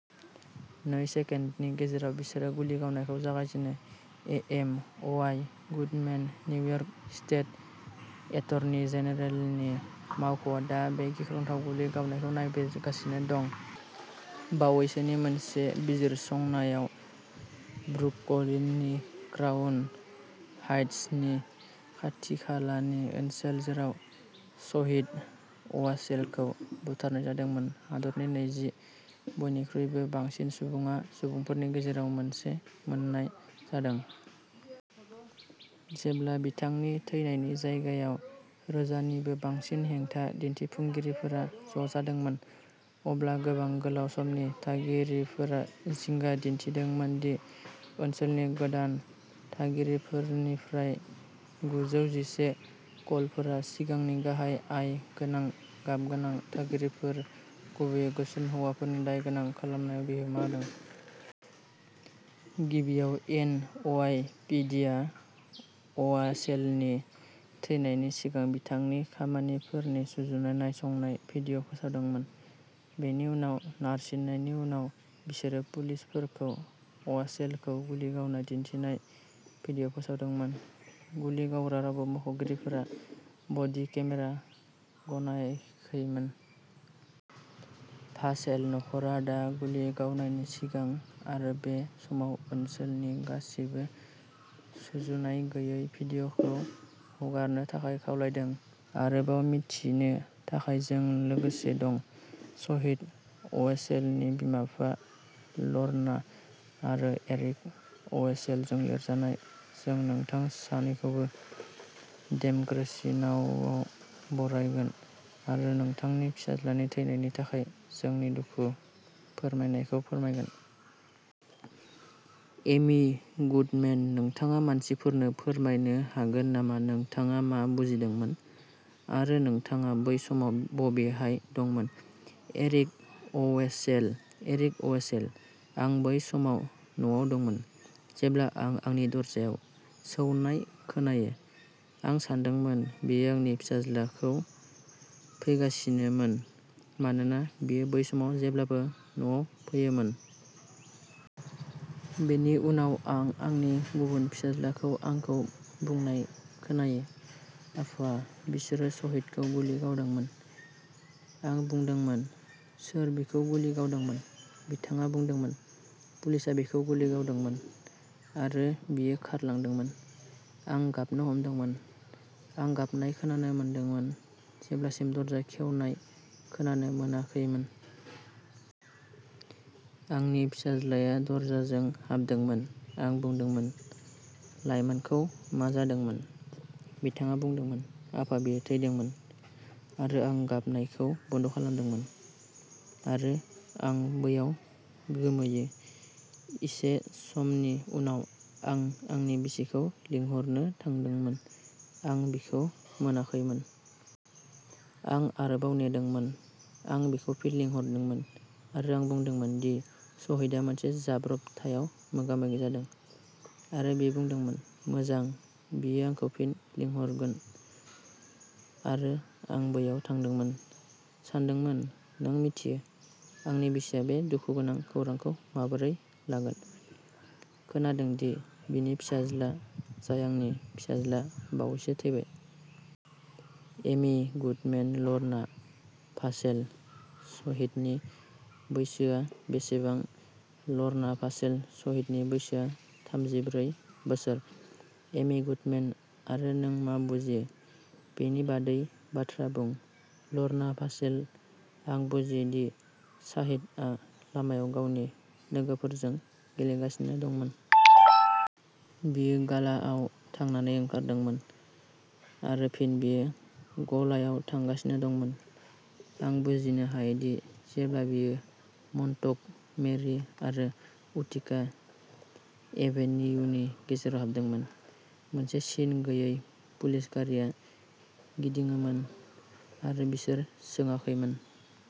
नै सेकेन्डनि गेजेराव, बिसोरो गुलि गावनायखौ जागायजेनो। A. M. Y. Goodman New York state attorney जेनेरेलनि मावख'आ दा बे गिख्रंथाव गुलि गावनायखौ नायबिजिरगासिनो दं। बावैसोनि मोनसे बिजिरसंनायाव ब्रुकलिननि क्राउन हाइट्सनि खाथिखालानि ओनसोल, जेराव शहीद अवासेलखौ बुथारनाय जादोंमोन, हादरनि नैजि बयनिख्रुइबो बांसिन सुबुङा सुबुंफोरनि गेजेराव मोनसे मोननाय जादों। जेब्ला बिथांनि थैनायनि जायगायाव रोजानिबो बांसिन हेंथा दिन्थिफुंगिरिफोरा ज' जादोंमोन, अब्ला गोबां गोलाव समनि थागिरिफोरा जिंगा दिन्थिदोंमोन दि ओनसोलनि गोदान थागिरिफोरनिफ्राय गुजौ जिसे कलफोरा सिगांनि, गाहाय आय गोनां गाबगोनां थागिरिफोर, गुबैयै गोसोम हौवाफोरनि दायगोनां खालामनायाव बिहोमा होदों। गिबियाव, एन. अवाइ. पि. दि. आ अवासेलनि थैनायनि सिगां बिथांनि खामानिफोरनि सुजुनाय नायसंनाय भिडिअ फोसावदोंमोन। बेनि उनाव, नारसिननायनि उनाव, बिसोरो पुलिसफोरखौ अवासेलखौ गुलि गावनाय दिन्थिनाय भिडिअ फोसावदोंमोन। गुलि गावग्रा रावबो मावख'गिरिफोरा बडि केमेरा गनायखैमोन। भासेल नखरा दा गुलि गावनायनि सिगां आरो बे समाव ओनसोलनि गासिबो सुजुनाय गैयै भिडिअखौ हगारनो थाखाय खावलायदों। आरोबाव मिथिनो थाखाय, जों लोगोसे दं। शहीद अवेसेलनि बिमा-बिफा ल'रना आरो एरिक अवेसेलजों लिरजानाय। जों नोंथां सानैखौबो डेमक्रेसि नाउआव बरायगोन आरो नोंथांनि फिसाज्लानि थैनायनि थाखाय जोंनि दुखु फोरमायनायखौ फोरमायगोन। एमी गुडमेन नोंथाङा मानसिफोरनो फोरमायनो हागोन नामा नोंथाङा मा बुजिदोंमोन? आरो नोंथाङा बै समाव बबेहाय दंमोन, एरिक अवेसेल? एरिक अवेसेल- आं बै समाव न'आव दंमोन, जेब्ला आं आंनि दरजायाव सौनाय खोनायो। आं सानदोंमोन बेयो आंनि फिसाज्लाखौ फैगासिनोमोन, मानोना बियो बै समाव जेब्लाबो न'आव फैयोमोन। बेनि उनाव आं आंनि गुबुन फिसाज्लाखौ आंखौ बुंनाय खोनायो, "आफा, बिसोरो शहीदखौ गुलि गावदोंमोन।" आं बुंदोंमोन, "सोर बिखौ गुलि गावदोंमोन?" बिथाङा बुंदोंमोन, "पुलिसआ बिखौ गुलि गावदोंमोन।" आरो बियो खारलांदोंमोन। आं गाबनो हमदोंमोन। आं गाबनाय खोनानो मोनदोंमोन जेब्लासिम दरजा खेवनाय खोनानो मोनाखैमोन। आंनि फिसाज्लाया दरजाजों हाबदोंमोन। आं बुंदोंमोन, "लाइमोनखौ मा जादोंमोन?" बिथाङा बुंदोंमोन, "आफा, बियो थैदोंमोन।" आरो आं गाबनायखौ बन्द खालामदोंमोन। आरो आं बैयाव गोमोयो। एसे समनि उनाव, आं आंनि बिसिखौ लिंहरनो थांदोंमोन। आं बिखौ मोनाखैमोन। आं आरोबाव नेदोंमोन। आं बिखौ फिन लिंहरदोंमोन, आरो आं बुंदोंमोन दि साहिदआ मोनसे जाब्रबथायाव मोगा-मोगि जादों। आरो बियो बुंदोंमोन, "मोजां", बियो आंखौ फिन लिंहरगोन। आरो आं बैयाव थादोंमोन, सानदोंमोन, नों मिथियो, आंनि बिसिया बे दुखुगोनां खौरांखौ माबोरै लागोन, खोनादों दि बिनि फिसाज्ला, जाय आंनि फिसाज्ला बावैसो थैबाय। एमि गुडमेन लर्ना भासेल, शहीदनि बैसोआ बेसेबां? लर्ना भासेल शहीदनि बैसोआ थामजि ब्रै बोसोर। एमि गुडमेन आरो नों मा बुजियो बेनि बादै बाथ्रा बुं। लर्ना भासेल आं बुजियो दि साहिदआ लामायाव गावनि लोगोफोरजों गेलेगासिनो दंमोन। बियो गालाआव थांनानै ओंखारदोंमोन। आरो फिन बियो गलायाव थांगासिनो दंमोन। आं बुजिनो हायोदि जेब्ला बियो मन्टगमेरि आरो उटिका एभेनियुनि गेजेराव हाबदोंमोन, मोनसे सिन गैयै पुलिस गारिआ गिदिङोमोन, आरो बिसोर सोङाखैमोन।